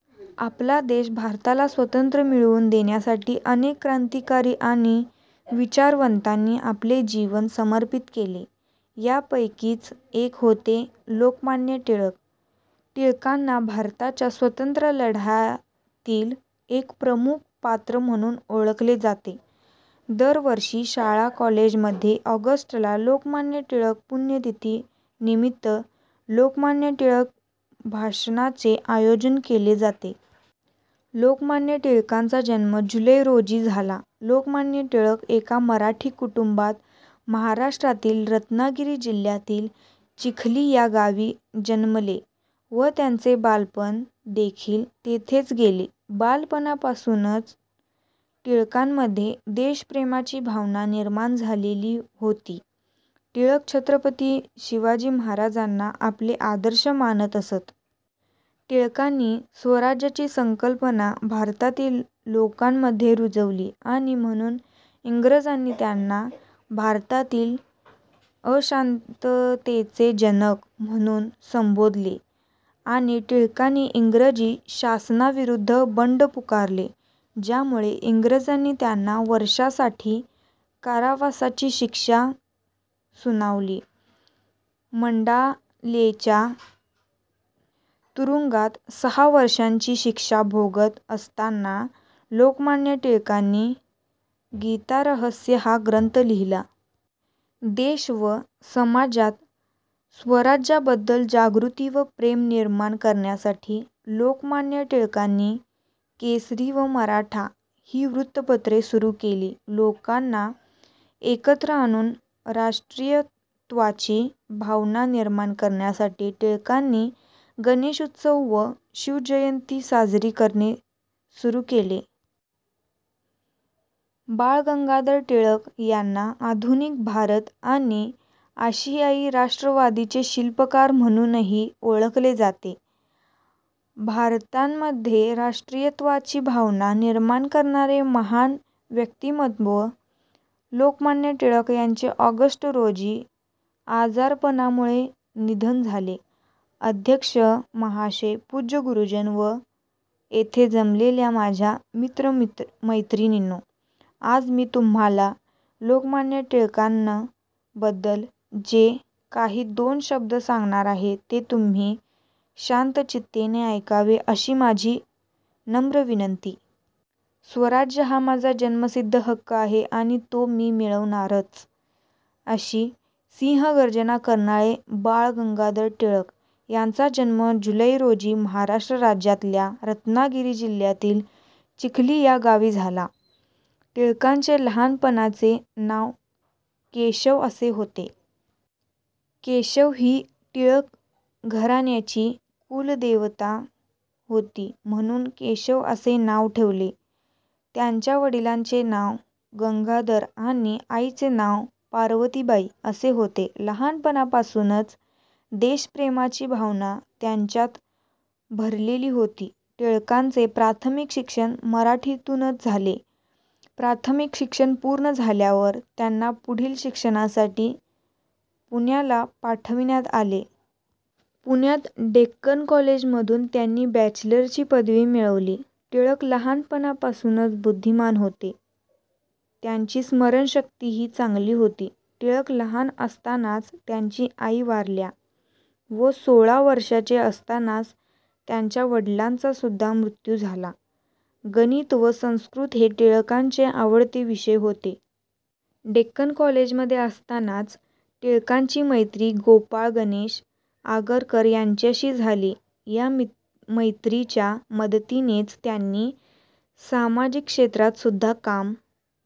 : आपला देश भारताला स्वतंत्र मिळवून देण्यासाठी अनेक क्रांतिकारी आणि विचारवंतांनी आपले जीवन समर्पित केले. यापैकीच एक होते लोकमान्य टिळक. टिळकांना भारताच्या स्वतंत्र लढ्यातील एक प्रमुख पात्र म्हणून ओळखले जाते. दरवर्षी शाळा-कॉलेज मध्ये ऑगस्ट ला लोकमान्य टिळक पुण्यतिथि निमित्त लोकमान्य टिळक भाषणाचे आयोजन केले जाते. लोकमान्य टिळकांचा जन्म जुलै रोजी झाला. लोकमान्य टिळक एका मराठी कुटुंबात महाराष्ट्रातील रत्नागिरी जिल्ह्यातील चिखली या गावी जन्मले व त्यांचे बालपण देखील येथेच गेले. लहानपणापासून टिळकांमध्ये देशप्रेमाची भावना निर्माण झालेली होती. टिळक छत्रपती शिवाजी महाराजांना आपले आदर्श मानत असत. टिळकांनी स्वराज्याची संकल्पना भारतातील लोकांमध्ये रुजवली आणि म्हणून इंग्रजांनी त्यांना 'भारतीय अशांततेचे जनक' म्हणून संबोधले आणि टिळकांनी इंग्रज शासनाविरुद्ध बंड पुकारले, ज्यामुळे इंग्रजांनी त्यांना वर्षासाठी कारावासाची शिक्षा सुनावली. मंडालेच्या तुरुंगात सहा वर्षाची शिक्षा भोगत असताना लोकमान्य टिळकांनी 'गीतारहस्य' हा ग्रंथ लिहिला. देश व समाजात स्वराज्याबद्दल जागृती व प्रेम निर्माण करण्यासाठी लोकमान्य टिळकांनी केसरी व मराठा ही वृत्तपत्र सुरू केली. लोकांना एकत्र आणून राष्ट्रीयत्वाची भावना निर्माण करण्यासाठी टिळकांनी गणेशोत्सव व शिवजयंती साजरी करणे सुरू केले. बाळ गंगाधर टिळक यांना आधुनिक भारत आणि आशियाई राष्ट्रवादाचे शिल्पकार म्हणूनही ओळखले जाते. भारतीयांमध्ये राष्ट्रीयत्वाची भावना निर्माण करणारे महान व्यक्तिमत्व लोकमान्य टिळक यांचे ऑगस्ट रोजी आजारपणामुळे निधन झाले. अध्यक्ष महाशय पूज्य गुरुजन व येथे जमलेल्या माझ्या मित्र-मैत्रिणींनो आज मी तुम्हाला लोकमान्य टिळकांन बद्दल जे काही दोन शब्द सांगणार आहे ते तुम्ही शांतचित्ताने ऐकावे अशी माझी नम्र विनंती. स्वराज्य हा माझा जन्मसिद्ध हक्क आहे आणि तो मी मिळवणारच अशी सिंहगर्जना करणारे बाळ गंगाधर टिळक यांचा जन्म जुलाई रोजी महाराष्ट्र राज्यातल्या रत्नागिरी जिल्ह्यातील चिखली या गावी झाला. टिळकांचे लहान पणाचे नाव केशव असे होते. केशव ही टिळक घराण्याची कुलदेवता होती म्हणून केशव असे नाव ठेवले. त्यांच्या वडिलांचे नाव गंगाधर आणि आईचे नाव पार्वतीबाई असे होते. लहानपणापासून देशप्रेमाची भावना त्यांच्यात भरलेली होती. टिळकांचे प्राथमिक शिक्षण मराठीतूनच झाले. प्राथमिक शिक्षण पूर्ण झाल्यावर त्यांना पुढील शिक्षणासाठी पुण्याला पाठवण्यात आले. पुण्याच्या डेक्कन कॉलेजमधून त्यांनी बॅचलर ची पदवी मिळवली. टिळक लहानपणापासून बुद्धिमान होते त्यांची स्मरणशक्ती ही चांगली होती. टिळक लहान असतानाच त्यांचा आई वारल्या व सोळा वर्षाचे असतानाच त्यांच्या वडिलांचा सुद्धा मृत्यू झाला. गणित व संस्कृत हे टिळकांचे आवडते विषय होते. डेक्कन कॉलेजमध्ये असतानाच टिळकांची मैत्री गोपाळ गणेश आगरकर यांच्याशी झाली. या मैत्रीच्या मदतीनेच त्यांनी सामाजिक क्षेत्रात सुद्धा काम